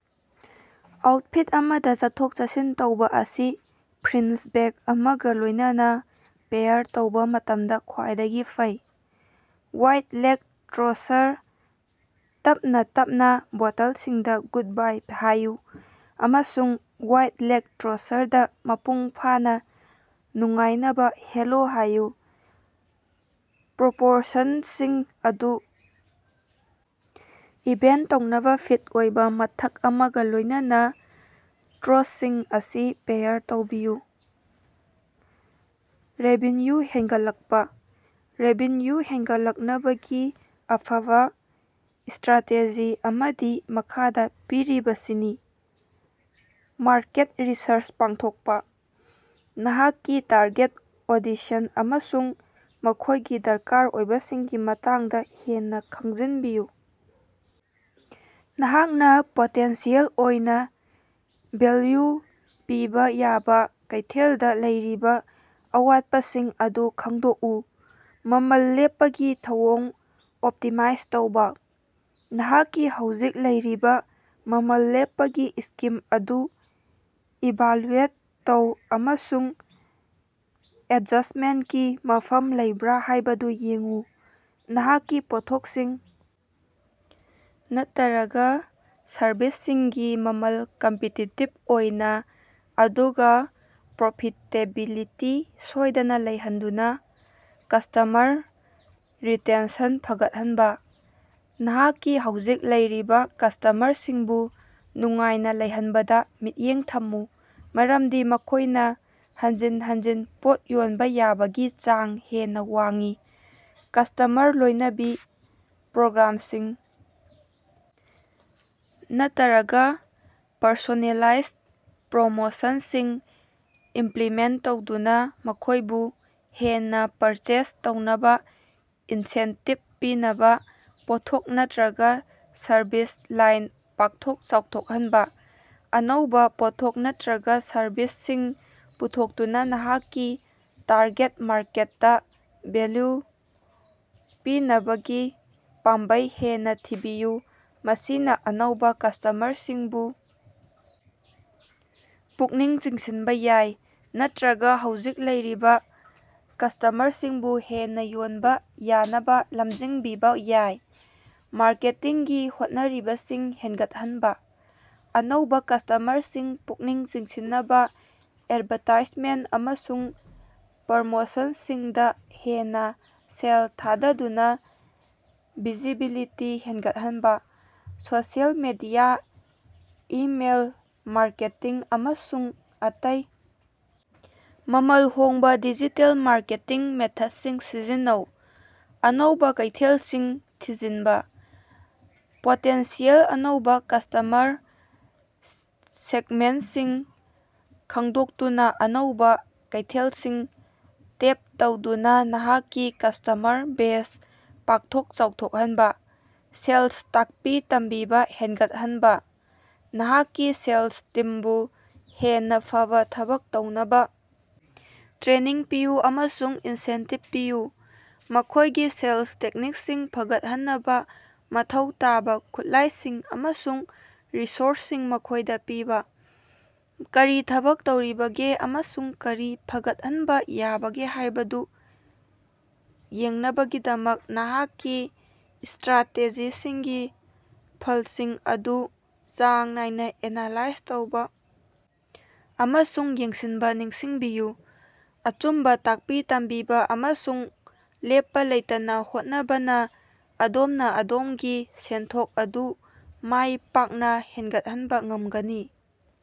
Outfit ꯑꯃꯗ ꯆꯠꯊꯣꯛ-ꯆꯠꯁꯤꯟ ꯇꯧꯕ ꯑꯁꯤ ꯐ꯭ꯔꯤꯟꯖ ꯕꯦꯒ ꯑꯃꯒ ꯂꯣꯏꯅꯅ ꯄꯦꯌꯥꯔ ꯇꯧꯕ ꯃꯇꯝꯗ ꯈ꯭ꯋꯥꯏꯗꯒꯤ ꯐꯩ꯫ ꯋꯥꯏꯗ ꯂꯦꯒ ꯇ꯭ꯔꯣꯁꯔ: ꯇꯞꯅ ꯇꯞꯅ ꯕꯣꯇꯜꯁꯤꯡꯗ ꯒꯨꯗꯕꯥꯏ ꯍꯥꯏꯌꯨ ꯑꯃꯁꯨꯡ ꯋꯥꯏꯗ ꯂꯦꯒ ꯇ꯭ꯔꯣꯁꯔꯗ ꯃꯄꯨꯡ ꯐꯥꯅ ꯅꯨꯡꯉꯥꯏꯅꯕ ꯍꯦꯂꯣ ꯍꯥꯏꯌꯨ꯫ ꯄ꯭ꯔꯣꯄꯣꯔꯁꯟꯁꯤꯡ ꯑꯗꯨ ꯏꯚꯦꯟꯇ ꯇꯧꯅꯕ ꯐꯤꯠ ꯑꯣꯏꯕ ꯃꯊꯛ ꯑꯃꯒ ꯂꯣꯏꯅꯅ ꯇ꯭ꯔꯣꯁꯁꯤꯡ ꯑꯁꯤ ꯄꯦꯌꯥꯔ ꯇꯧꯕꯤꯌꯨ꯫ ꯔꯦꯚꯤꯟꯌꯨ ꯍꯦꯟꯒꯠꯂꯛꯄ꯫ ꯔꯦꯚꯤꯟꯌꯨ ꯍꯦꯟꯒꯠꯍꯟꯅꯕꯒꯤ ꯑꯐꯕ ꯁ꯭ꯇꯔꯥꯇꯦꯖꯤ ꯑꯃꯗꯤ ꯃꯈꯥꯗ ꯄꯤꯔꯤꯕꯁꯤꯅꯤ: ꯃꯥꯔꯀꯦꯠ ꯔꯤꯁꯔꯆ ꯄꯥꯡꯊꯣꯛꯄ: ꯅꯍꯥꯛꯀꯤ ꯇꯥꯔꯒꯦꯠ ꯑꯣꯗꯤꯁꯟ ꯑꯃꯁꯨꯡ ꯃꯈꯣꯏꯒꯤ ꯗꯔꯀꯥꯔ ꯑꯣꯏꯕꯁꯤꯡꯒꯤ ꯃꯇꯥꯡꯗ ꯍꯦꯟꯅ ꯈꯪꯖꯤꯟꯕꯤꯌꯨ꯫ ꯅꯍꯥꯛꯅ ꯄꯣꯇꯦꯟꯁꯤꯌꯦꯜ ꯑꯣꯏꯅ ꯚꯦꯜꯌꯨ ꯄꯤꯕ ꯌꯥꯕ ꯀꯩꯊꯦꯜꯗ ꯂꯩꯔꯤꯕ ꯑꯋꯥꯠꯄꯥꯁꯤꯡ ꯑꯗꯨ ꯈꯪꯗꯣꯛꯎ꯫ ꯃꯃꯜ ꯂꯦꯞꯄꯒꯤ ꯊꯧꯑꯣꯡ ꯑꯣꯞꯇꯤꯃꯥꯏꯖ ꯇꯧꯕꯥ: ꯅꯍꯥꯛꯀꯤ ꯍꯧꯖꯤꯛ ꯂꯩꯔꯤꯕ ꯃꯃꯜ ꯂꯦꯞꯄꯒꯤ ꯁ꯭ꯀꯤꯝ ꯑꯗꯨ ꯏꯚꯥꯜꯌꯨꯑꯦꯠ ꯇꯧ ꯑꯃꯁꯨꯡ ꯑꯦꯗꯖꯁ꯭ꯇꯃꯦꯟꯠꯀꯤ ꯃꯐꯝ ꯂꯩꯕ꯭ꯔꯥ ꯍꯥꯏꯕꯗꯨ ꯌꯦꯡꯎ꯫ ꯅꯍꯥꯛꯀꯤ ꯄꯣꯠꯊꯣꯛꯁꯤꯡ ꯅꯠꯇꯔꯒ ꯁꯔꯚꯤꯁꯁꯤꯡꯒꯤ ꯃꯃꯜ ꯀꯝꯄꯤꯇꯤꯇꯤꯕ ꯑꯣꯏꯅ, ꯑꯗꯨꯒ ꯄ꯭ꯔꯣꯐꯤꯇꯦꯕꯤꯂꯤꯇꯤ ꯁꯣꯏꯗꯅ ꯂꯩꯍꯟꯗꯨꯅ꯫ ꯀꯁ꯭ꯇꯃꯔ ꯔꯤꯇꯦꯟꯁꯟ ꯐꯒꯠꯍꯟꯕ: ꯅꯍꯥꯛꯀꯤ ꯍꯧꯖꯤꯛ ꯂꯩꯔꯤꯕ ꯀꯁ꯭ꯇꯃꯔꯁꯤꯡꯕꯨ ꯅꯨꯡꯉꯥꯏꯅ ꯂꯩꯍꯟꯕꯗ ꯃꯤꯠꯌꯦꯡ ꯊꯝꯃꯨ, ꯃꯔꯝꯗꯤ ꯃꯈꯣꯏꯅ ꯍꯟꯖꯤꯟ ꯍꯟꯖꯤꯟ ꯄꯣꯠ ꯌꯣꯟꯕ ꯌꯥꯕꯒꯤ ꯆꯥꯡ ꯍꯦꯟꯅ ꯋꯥꯡꯏ꯫ ꯀꯁ꯭ꯇꯃꯔ ꯂꯣꯏꯅꯕꯤ ꯄ꯭ꯔꯣꯒ꯭ꯔꯥꯝꯁꯤꯡ ꯅꯠꯇꯔꯒ ꯄꯔꯁꯣꯅꯦꯂꯥꯏꯖ ꯄ꯭ꯔꯣꯃꯣꯁꯟꯁꯤꯡ ꯏꯝꯄꯂꯤꯃꯦꯟꯠ ꯇꯧꯗꯨꯅ ꯃꯈꯣꯏꯕꯨ ꯍꯦꯟꯅ ꯄꯔꯆꯦꯖ ꯇꯧꯅꯕ ꯏꯟꯁꯦꯟꯇꯤꯕ ꯄꯤꯅꯕ꯫ ꯄꯣꯠꯊꯣꯛ ꯅꯠꯇꯔꯒ ꯁꯔꯚꯤꯁ ꯂꯥꯏꯟ ꯄꯥꯛꯊꯣꯛ ꯆꯥꯎꯊꯣꯛꯍꯟꯕ: ꯑꯅꯧꯕ ꯄꯣꯠꯊꯣꯛ ꯅꯠꯇꯔꯒ ꯁꯔꯚꯤꯁꯁꯤꯡ ꯄꯨꯊꯣꯛꯇꯨꯅ ꯅꯍꯥꯛꯀꯤ ꯇꯥꯔꯒꯦꯠ ꯃꯥꯔꯀꯦꯠꯇ ꯚꯦꯜꯌꯨ ꯄꯤꯅꯕꯒꯤ ꯄꯥꯝꯕꯩ ꯍꯦꯟꯅ ꯊꯤꯕꯤꯌꯨ꯫ ꯃꯁꯤꯅ ꯑꯅꯧꯕ ꯀꯁ꯭ꯇꯃꯔꯁꯤꯡꯕꯨ ꯄꯨꯛꯅꯤꯡ ꯆꯤꯡꯁꯤꯟꯕ ꯌꯥꯏ ꯅꯠꯇꯔꯒ ꯍꯧꯖꯤꯛ ꯂꯩꯔꯤꯕ ꯀꯁ꯭ꯇꯃꯔꯁꯤꯡꯕꯨ ꯍꯦꯟꯅ ꯌꯣꯟꯕ ꯌꯥꯅꯕ ꯂꯝꯖꯤꯡꯕꯤꯕ ꯌꯥꯏ꯫ ꯃꯥꯔꯀꯦꯇꯤꯡꯒꯤ ꯍꯣꯠꯅꯔꯤꯕꯁꯤꯡ ꯍꯦꯟꯒꯠꯍꯟꯕ: ꯑꯅꯧꯕ ꯀꯁ꯭ꯇꯃꯔꯁꯤꯡ ꯄꯨꯛꯅꯤꯡ ꯆꯤꯡꯁꯤꯟꯅꯕ ꯑꯦꯗꯚꯥꯔꯇꯥꯏꯖꯃꯦꯟꯠ ꯑꯃꯁꯨꯡ ꯄ꯭ꯔꯃꯣꯁꯟꯁꯤꯡꯗ ꯍꯦꯟꯅ ꯁꯦꯜ ꯊꯥꯗꯗꯨꯅ ꯚꯤꯖꯤꯕꯤꯂꯤꯇꯤ ꯍꯦꯟꯒꯠꯍꯟꯕ꯫ ꯁꯣꯁꯤꯑꯦꯜ ꯃꯤꯗꯤꯌꯥ, ꯏꯃꯦꯏꯜ ꯃꯥꯔꯀꯦꯇꯤꯡ, ꯑꯃꯁꯨꯡ ꯑꯇꯩ ꯃꯃꯜ ꯍꯣꯡꯕ ꯗꯤꯖꯤꯇꯦꯜ ꯃꯥꯔꯀꯦꯇꯤꯡ ꯃꯦꯊꯠꯁꯤꯡ ꯁꯤꯖꯤꯟꯅꯧ꯫ ꯑꯅꯧꯕꯥ ꯀꯩꯊꯦꯜꯁꯤꯡ ꯊꯤꯖꯤꯟꯕ: ꯄꯣꯇꯦꯟꯁꯤꯌꯦꯜ ꯑꯅꯧꯕ ꯀꯁ꯭ꯇꯃꯔ ꯁꯦꯒꯃꯦꯟꯠꯁꯤꯡ ꯈꯪꯗꯣꯛꯇꯨꯅ ꯑꯅꯧꯕ ꯀꯩꯊꯦꯜꯁꯤꯡ ꯇꯦꯞ ꯇꯧꯗꯨꯅ ꯅꯍꯥꯛꯀꯤ ꯀꯁ꯭ꯇꯃꯔ ꯕꯦꯖ ꯄꯥꯛꯊꯣꯛ ꯆꯥꯎꯊꯣꯛꯍꯟꯕ꯫ ꯁꯦꯜꯁ ꯇꯥꯛꯄꯤ-ꯇꯝꯕꯤꯕ ꯍꯦꯟꯒꯠꯍꯟꯕ: ꯅꯍꯥꯛꯀꯤ ꯁꯦꯜꯁ ꯇꯤꯝꯕꯨ ꯍꯦꯟꯅ ꯐꯕ ꯊꯕꯛ ꯇꯧꯅꯕ ꯇ꯭ꯔꯦꯅꯤꯡ ꯄꯤꯌꯨ ꯑꯃꯁꯨꯡ ꯏꯟꯁꯦꯟꯇꯤꯕ ꯄꯤꯌꯨ꯫ ꯃꯈꯣꯏꯒꯤ ꯁꯦꯜꯁ ꯇꯦꯛꯅꯤꯛꯁꯤꯡ ꯐꯒꯠꯍꯟꯅꯕ ꯃꯊꯧ ꯇꯥꯕ ꯈꯨꯠꯂꯥꯏꯁꯤꯡ ꯑꯃꯁꯨꯡ ꯔꯤꯁꯣꯔꯁꯁꯤꯡ ꯃꯈꯣꯏꯗ ꯄꯤꯕ꯫ ꯀꯔꯤ ꯊꯕꯛ ꯇꯧꯔꯤꯕꯒꯦ ꯑꯃꯁꯨꯡ ꯀꯔꯤ ꯐꯒꯠꯍꯟꯕ ꯌꯥꯕꯒꯦ ꯍꯥꯏꯕꯗꯨ ꯌꯦꯡꯅꯕꯒꯤꯗꯃꯛ ꯅꯍꯥꯛꯀꯤ ꯁ꯭ꯇꯔꯥꯇꯦꯖꯤꯁꯤꯡꯒꯤ ꯐꯜꯁꯤꯡ ꯑꯗꯨ ꯆꯥꯡ ꯅꯥꯏꯅ ꯑꯦꯅꯥꯂꯥꯏꯖ ꯇꯧꯕ ꯑꯃꯁꯨꯡ ꯌꯦꯡꯁꯤꯟꯕ ꯅꯤꯡꯁꯤꯡꯕꯤꯌꯨ꯫ ꯑꯆꯨꯝꯕ ꯇꯥꯛꯄꯤ ꯇꯝꯕꯤꯕ ꯑꯃꯁꯨꯡ ꯂꯦꯞꯄ ꯂꯩꯇꯅ ꯍꯣꯠꯅꯕꯅ ꯑꯗꯣꯝꯅ ꯑꯗꯣꯃꯒꯤ ꯁꯦꯟꯊꯣꯛ ꯑꯗꯨ ꯃꯥꯏ ꯄꯥꯛꯅ ꯍꯦꯟꯒꯠꯍꯟꯕꯥ ꯉꯝꯒꯅꯤ꯫